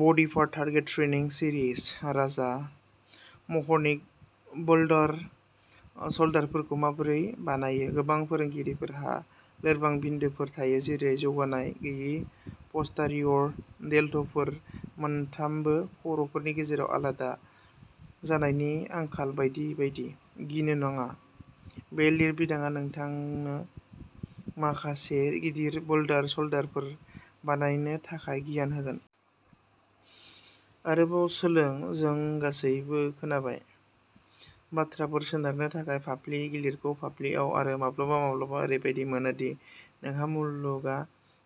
Body part target training series राजा महरनि boulder शोल्डारफोरखौ माबोरै बानायो? गोबां फोरोंगिरिफोरहा लोरबां बिन्दोफोर थायो जेरै जौगानाय गैयै पस्टारियर डेल्टफोर, मोनथामबो खर'फोरनि गेजेराव आलादा जानायनि आंखाल बायदि बायदि। गिनो नाङा; बे लिरबिदांआ नोंथांनो माखासे गिदिर बोल्डर शोल्डारफोर बानायनो थाखाय गियान होगोन! आरोबाव सोलों। जों गासैबो खोनाबाय। बाथ्राफोरः सोनारनो थाखाय फाफ्लि, गिलिरखौ फाफ्लिआव, आरो माब्लाबा माब्लाबा ओरैबादि मोनो दि नोंहा मुलुगआ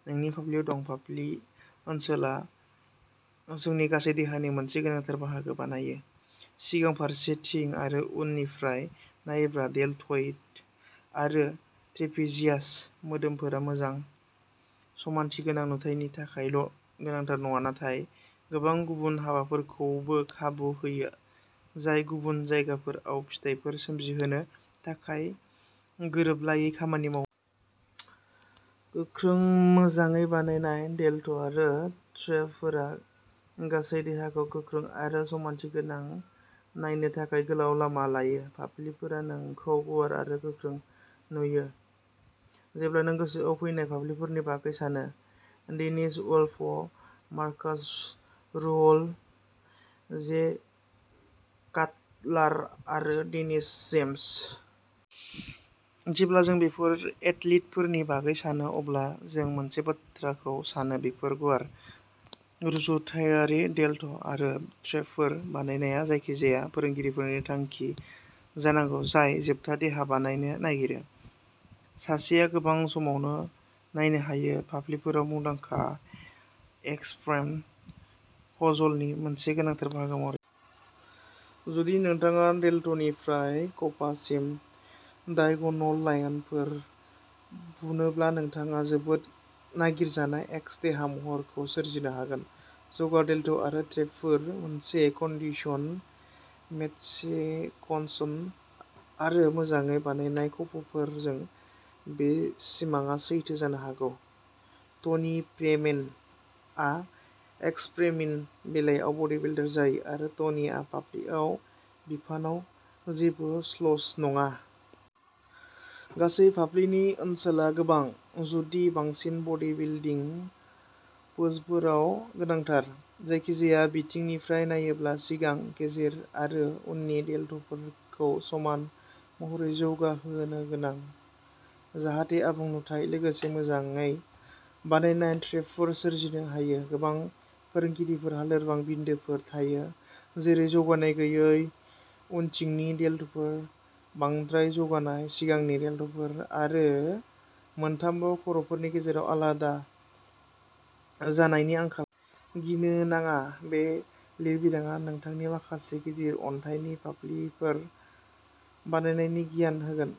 नोंनि फाफ्लिआव दं। फाफ्लि ओनसोला जोंनि गासै देहानि मोनसे गोनांथार बाहागो बानायो। सिगां, फारसेथिं आरो उननिफ्राय नायोब्ला, डेल्टइड आरो ट्रेपेजियास मोदोमफोरा मोजां समानथिगोनां नुथायनि थाखायल' गोनांथार नङा, नाथाय गोबां गुबुन हाबाफोरखौबो खाबु होयो जाय गुबुन जायगाफोराव फिथायफोर सोमजिहोनो थाखाय गोरोबलायै खामानि मावो। गोख्रों, मोजाङै बानायनाय डेल्ट आरो ट्रेपफोरा गासै देहाखौ गोख्रों आरो समानथिगोनां नायनो थाखाय गोलाव लामा लायो। फाफ्लिफोरा नोंखौ गुवार आरो गोख्रों नुयो। जेब्ला जों गोसोआव फैनाय फाफ्लिफोरनि बागै सानो, डेनिस उल्फ, मार्कास रुहल, जे काटलार, आरो डेनिस जेम्स? जेब्ला जों बेफोर एथलीटफोरनि बागै सानो अब्ला जों मोनसे बाथ्राखौ सानोः बेफोर गुवार! रुजुथायारि डेल्ट आरो ट्रेपफोर बानायनाया जायखिजाया फोरोंगिरिनि थांखि जानांगौ जाय जोबथा देहा बानायनो नागिरो। सासेआ गोबां समावनो नायनो हायो। फाफ्लिफोराव मुंदांखा "एक्स फ्रेम" पजलनि मोनसे गोनांथार बाहागो महरै। जुदि नोंथाङा डेल्टनिफ्राय खफासिम डायगनल लाइनफोर बुनोब्ला, नोंथाङा जोबोद नागिरजानाय "एक्स" देहा महरखौ सोरजिनो हागोन। जौगा डेल्ट आरो ट्रेपफोर, मोनसे कन्डिशन्ड मिडसेकसन, आरो मोजाङै बानायनाय खफफोरजों, बे सिमांआ सैथो जानो हागौ। टनि फ्रीमेनआ एक्स फ्रेमनि बेलायाव बडीबिल्डार जायो आरो टनिआ फाफ्लि बिफानाव जेबो स्लच नङा। गासै फाफ्लिनि ओनसोला गोबां, जुदि बांसिन बडीबिल्डिं पोजफोराव गोनांथार। जायखिजाया बिथिंनिफ्राय नायोब्ला सिगां, गेजेर, आरो उननि डेल्टफोरखौ समान महरै जौगाहोनो गोनां जाहाथे "आबुं नुथाइ" लोगोसे मोजाङै बानायनाय ट्रेपफोर सोरजिनो हायो। गोबां फोरोंगिरिफोरहा लोरबां बिन्दोफोर थायो जेरै जौगानाय गैयै उनथिंनि डेल्टफोर, बांद्राय जौगानाय सिगांनि डेल्टफोर, आरो मोनथामबो खर'फोरनि गेजेराव आलादा जानायनि आंखाल। गिनो नाङा; बे लिरबिदांआ नोंथांनो माखासे गिदिर अन्थाइनि फाफ्लिफोर बानायनायनि गियान होगोन!